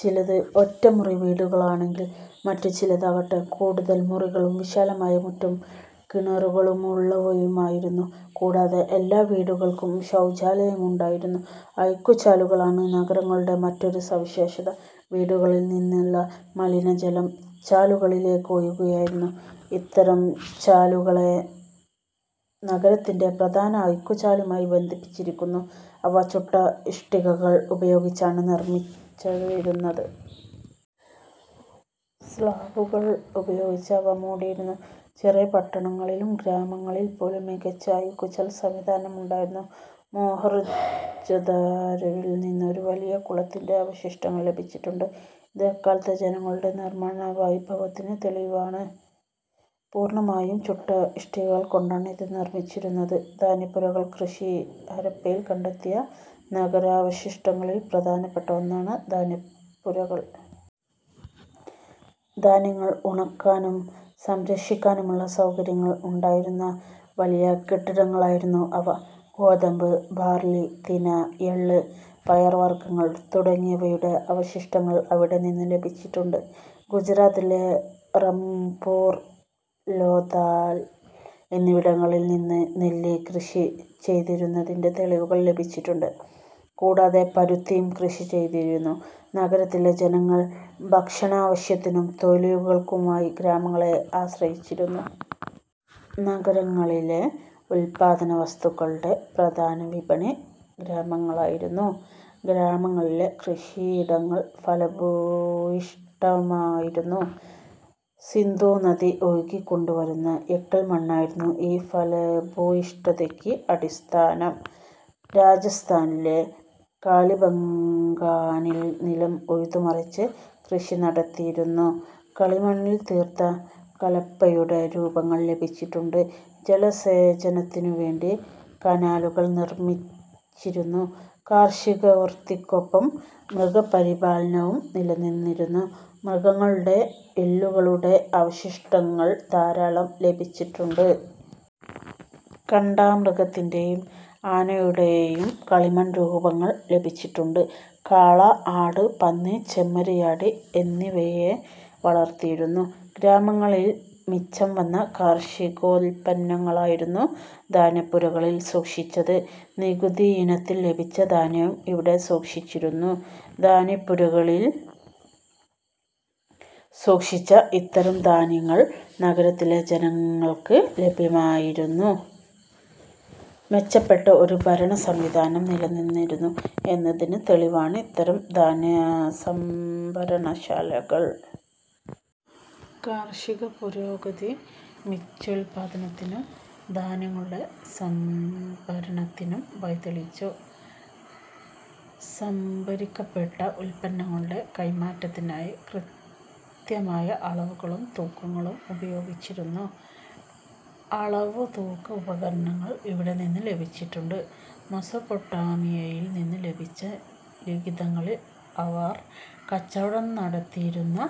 ചിലത് ഒറ്റമുറി വീടുകളാണെങ്കിൽ മറ്റു ചിലതാകട്ടെ കൂടുതൽ മുറികളും വിശാലമായ മുറ്റവും കിണറുകളുമുള്ളവയായിരുന്നു. കൂടാതെ എല്ലാ വീടുകൾക്കും ശൗചാലയങ്ങളുമുണ്ടായിരുന്നു. അഴുക്കുചാലുകളാണ് നഗരങ്ങളുടെ മറ്റൊരു സവിശേഷത. വീടുകളിൽ നിന്നുള്ള മലിനജലം ചാലുകളിലേക്ക് ഒഴുകുകയായിരുന്നു. ഇത്തരം ചാലുകളെ നഗരത്തിലെ പ്രധാന അഴുക്കുചാലുമായി ബന്ധിപ്പിച്ചിരുന്നു. അവ ചുട്ട ഇഷ്ടികകൾ ഉപയോഗിച്ചാണ് നിർമ്മിച്ചിരുന്നത്. സ്ലാബുകൾ ഉപയോഗിച്ച് അവ മൂടിയിരുന്നു. ചെറിയ പട്ടണങ്ങളിലും ഗ്രാമങ്ങളിൽപ്പോലും മികച്ച അഴുക്കുചാൽ സംവിധാനം ഉണ്ടായിരുന്നു. മോഹൻജൊദാരോവിൽനിന്ന് ഒരു വലിയ കുളത്തിന്റെ അവശിഷ്ടങ്ങൾ ലഭിച്ചിട്ടുണ്ട്. ഇത് അക്കാലത്തെ ജനങ്ങളുടെ നിർമാണ വൈഭവത്തിന് തെളിവാണ്. പൂർണ്ണമായും ചുട്ട ഇഷ്ടികകൾകൊണ്ടാണ് ഇത് നിർമിച്ചിരുന്നത്. ധാന്യപ്പുരകൾ, കൃഷി ഹരപ്പയിൽ കണ്ടെത്തിയ നഗരാവശിഷ്ടങ്ങളിൽ പ്രധാനപ്പെട്ട ഒന്നാണ് ധാന്യപ്പുരകൾ. ധാന്യങ്ങൾ ഉണക്കാനും സംരക്ഷിക്കാനുമുള്ള സൗകര്യങ്ങൾ ഉണ്ടായിരുന്ന വലിയ കെട്ടിടങ്ങളായിരുന്നു അവ. ഗോതമ്പ്, ബാർലി, തിന, എള്ള്, പയർവർഗങ്ങൾ തുടങ്ങിയവയുടെ അവശിഷ്ടങ്ങൾ അവിടെ നിന്ന് ലഭിച്ചിട്ടുണ്ട്. ഗുജറാത്തിലെ റംഗ്പൂർ, ലോഥാൽ എന്നിവിടങ്ങളിൽനിന്ന് നെല്ല് കൃഷി ചെയ്തിരുന്നതിന്റെ തെളിവുകൾ ലഭിച്ചിട്ടുണ്ട്. കൂടാതെ പരുത്തിയും കൃഷി ചെയ്തിരുന്നു. നഗരത്തിലെ ജനങ്ങൾ ഭക്ഷണാവശ്യത്തിനും തൊഴിലുകൾക്കുമായി ഗ്രാമങ്ങളെ ആശ്രയിച്ചിരുന്നു. നഗരങ്ങളിലെ ഉല്പാദനവസ്തുക്കളുടെ പ്രധാന വിപണി ഗ്രാമങ്ങളായിരുന്നു. ഗ്രാമങ്ങളിലെ കൃഷിയിടങ്ങൾ ഫലഭൂയിഷ്ഠമായിരുന്നു. സിന്ധൂനദി ഒഴുക്കിക്കൊണ്ടുവരുന്ന എക്കൽമണ്ണായിരുന്നു ഈ ഫലഭൂയിഷ്ഠതയ്ക്ക് അടിസ്ഥാനം. രാജസ്ഥാനിലെ കാലിബംഗാനിൽ നിലം ഉഴുതുമറിച്ച് കൃഷി നടത്തിയിരുന്നു. കളിമണ്ണിൽ തീർത്ത കലപ്പയുടെ രൂപങ്ങൾ ലഭിച്ചിട്ടുണ്ട്. ജലസേചനത്തിനുവേണ്ടി കനാലുകൾ നിർമിച്ചിരുന്നു. കാർഷികവൃത്തിക്കൊപ്പം മൃഗപരിപാലനവും നിലനിന്നിരുന്നു. മൃഗങ്ങളുടെ എല്ലുകളുടെ അവശിഷ്ടങ്ങൾ ധാരാളം ലഭിച്ചിട്ടുണ്ട്. കാണ്ടാ മൃഗത്തിന്റെയും ആനയുടെയും കളിമൺ രൂപങ്ങൾ ലഭിച്ചിട്ടുണ്ട്. കാള, ആട്, പന്നി, ചെമ്മരിയാട് എന്നിവയെ വളർത്തിയിരുന്നു. ഗ്രാമങ്ങളിൽ മിച്ചം വന്ന കാർഷികോത്പന്നങ്ങളായിരുന്നു ധാന്യപ്പുരകളിൽ സൂക്ഷിച്ചത്. നികുതിയിനത്തിൽ ലഭിച്ച ധാന്യവും ഇവിടെ സൂക്ഷിച്ചിരുന്നു. ധാന്യപ്പുരകളിൽ സൂക്ഷിച്ച ഇത്തരം ധാന്യങ്ങൾ നഗരങ്ങളിലെ ജനങ്ങൾക്ക് ലഭ്യമാക്കിയിരുന്നു. മെച്ചപ്പെട്ട ഒരു ഭരണസംവിധാനം നിലനിന്നിരുന്നു എന്നതിന് തെളിവാണ് ഇത്തരം ധാന്യസംഭരണശാലകൾ. കാർഷിക പുരോഗതി മിച്ചോത്പാദനത്തിനും ധാന്യങ്ങളുടെ സംഭരണത്തിനും വഴിതെളിച്ചു. സംഭരിക്കപ്പെട്ട ഉത്പന്നങ്ങളുടെ കൈമാറ്റത്തിനായി കൃത്യമായ അളവുകളും തൂക്കങ്ങളും ഉപയോഗിച്ചിരുന്നു. അളവുതൂക്ക ഉപകരണങ്ങൾ ഇവിടെനിന്ന് ലഭിച്ചിട്ടുണ്ട്. മെസൊപ്പൊട്ടാമിയയിൽനിന്ന് ലഭിച്ച ലിഖിതങ്ങളിൽ അവർ കച്ചവടം നടത്തിയിരുന്ന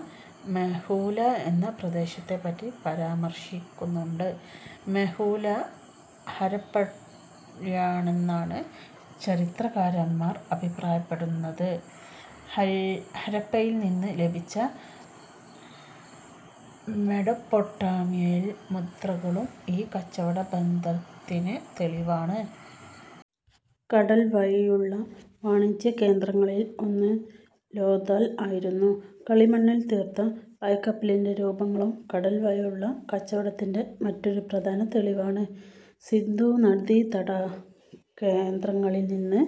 മെലൂഹ എന്ന പ്രദേശത്തെപ്പറ്റി പരാമർശിക്കുന്നുണ്ട്. മെലൂഹ ഹരപ്പയാണെന്നാണ് ചരിത്രകാരന്മാർ അഭിപ്രായപ്പെടുന്നത്. ഹരപ്പയിൽനിന്ന് ലഭിച്ച മെസൊപ്പൊട്ടാമിയൻ മുദ്രകളും ഈ കച്ചവട ബന്ധത്തിന് തെളിവാണ്. കടൽ വഴിയുള്ള വാണിജ്യകേന്ദ്രങ്ങളിൽ ഒന്ന് ലോഥാൽ ആയിരുന്നു. കളിമണ്ണിൽ തീർത്ത പായ്ക്കപ്പലിന്റെ രൂപങ്ങളും കടൽ വഴിയുള്ള കച്ചവടത്തിന്റെ മറ്റൊരു പ്രധാന തെളിവാണ്. സിന്ധൂനദീതട കേന്ദ്രങ്ങളിൽനിന്ന്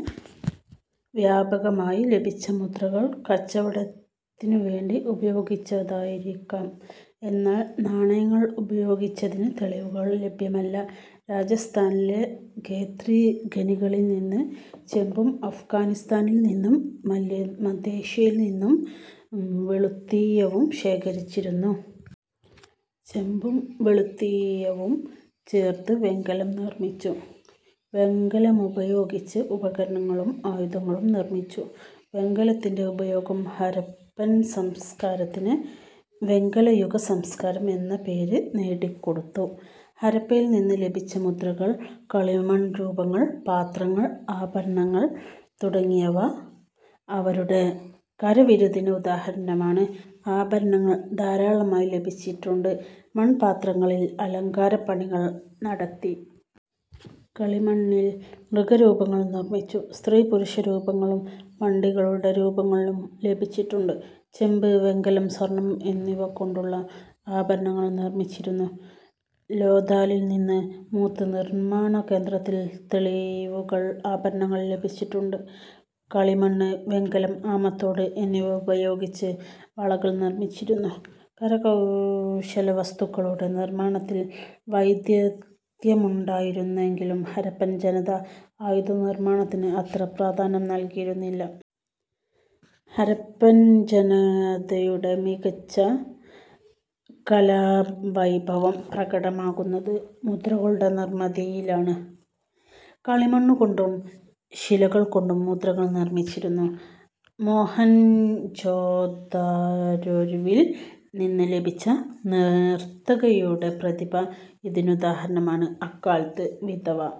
വ്യാപകമായി ലഭിച്ച മുദ്രകൾ കച്ചവടത്തിനുവേണ്ടി ഉപയോഗിച്ചതായിരിക്കാം. എന്നാൽ നാണയങ്ങൾ ഉപയോഗിച്ചതിന് തെളിവുകൾ ലഭ്യമല്ല. രാജസ്ഥാനിലെ ഖേത്രി ഖനികളിൽനിന്ന് ചെമ്പും അഫ്ഘാനിസ്ഥാനിൽ നിന്നും മധ്യേഷ്യയിൽ നിന്നും വെളുത്തീയവും ശേഖരിച്ചിരുന്നു. ചെമ്പും വെളുത്തീയവും ചേർത്ത് വെങ്കലം നിർമിച്ചു. വെങ്കലമുപയോഗിച്ച് ഉപകരണങ്ങളും ആയുധങ്ങളും നിർമിച്ചു. വെങ്കലത്തിന്റെ ഉപയോഗം ഹരപ്പൻ സംസ്കാരത്തിന് വെങ്കലയുഗ സംസ്കാരം എന്ന പേര് നേടിക്കൊടുത്തു. ഹരപ്പയിൽനിന്ന് ലഭിച്ച മുദ്രകൾ, കളിമൺരൂപങ്ങൾ, പാത്രങ്ങൾ, ആഭരണങ്ങൾ തുടങ്ങിയവ അവരുടെ കരവിരുതിന് ഉദാഹരണമാണ്. ആഭരങ്ങൾ ധാരാളമായി ലഭിച്ചിട്ടുണ്ട്. മൺപാത്രങ്ങളിൽ അലങ്കാരപണികൾ നടത്തി. കളിമണ്ണിൽ മൃഗരൂപങ്ങൾ നിർമ്മിച്ചു. സ്ത്രീ-പുരുഷ രൂപങ്ങളും വണ്ടികളുടെ രൂപങ്ങളും ലഭിച്ചിട്ടുണ്ട്. ചെമ്പ്, വെങ്കലം, സ്വർണം എന്നിവ കൊണ്ടുള്ള ആഭരണങ്ങൾ നിർമിച്ചിരുന്നു. ലോഥാലിൽ നിന്ന് മുത്ത് നിർമാണ കേന്ദ്രത്തിന്റെ തെളിവുകൾ ആഭരണങ്ങൾ ലഭിച്ചിട്ടുണ്ട്. കളിമണ്ണ്, വെങ്കലം, ആമത്തോട് എന്നിവ ഉപയോഗിച്ച് വളകൾ നിർമിച്ചിരുന്നു. കരകൗശലവസ്തുക്കളുടെ നിർമാണത്തിൽ വൈദഗ്ധ്യമുണ്ടായിരുന്നെങ്കിലും ഹരപ്പൻ ജനത ആയുധ നിർമാണത്തിന് അത്ര പ്രാധാന്യം നൽകിയിരുന്നില്ല. ഹരപ്പൻ ജനതയുടെ മികച്ച കലാവൈഭവം പ്രകടമാകുന്നത് മുദ്രകളുടെ നിർമിതിയിലാണ്. കളിമണ്ണുകൊണ്ടും ശിലകൾകൊണ്ടും മുദ്രകൾ നിർമിച്ചിരുന്നു. മോഹൻജൊദാരൊവിൽ നിന്ന് ലഭിച്ച നർത്തകിയുടെ പ്രതിമ ഇതിനുദാഹരണമാണ്. അക്കാലത്ത് വിധവ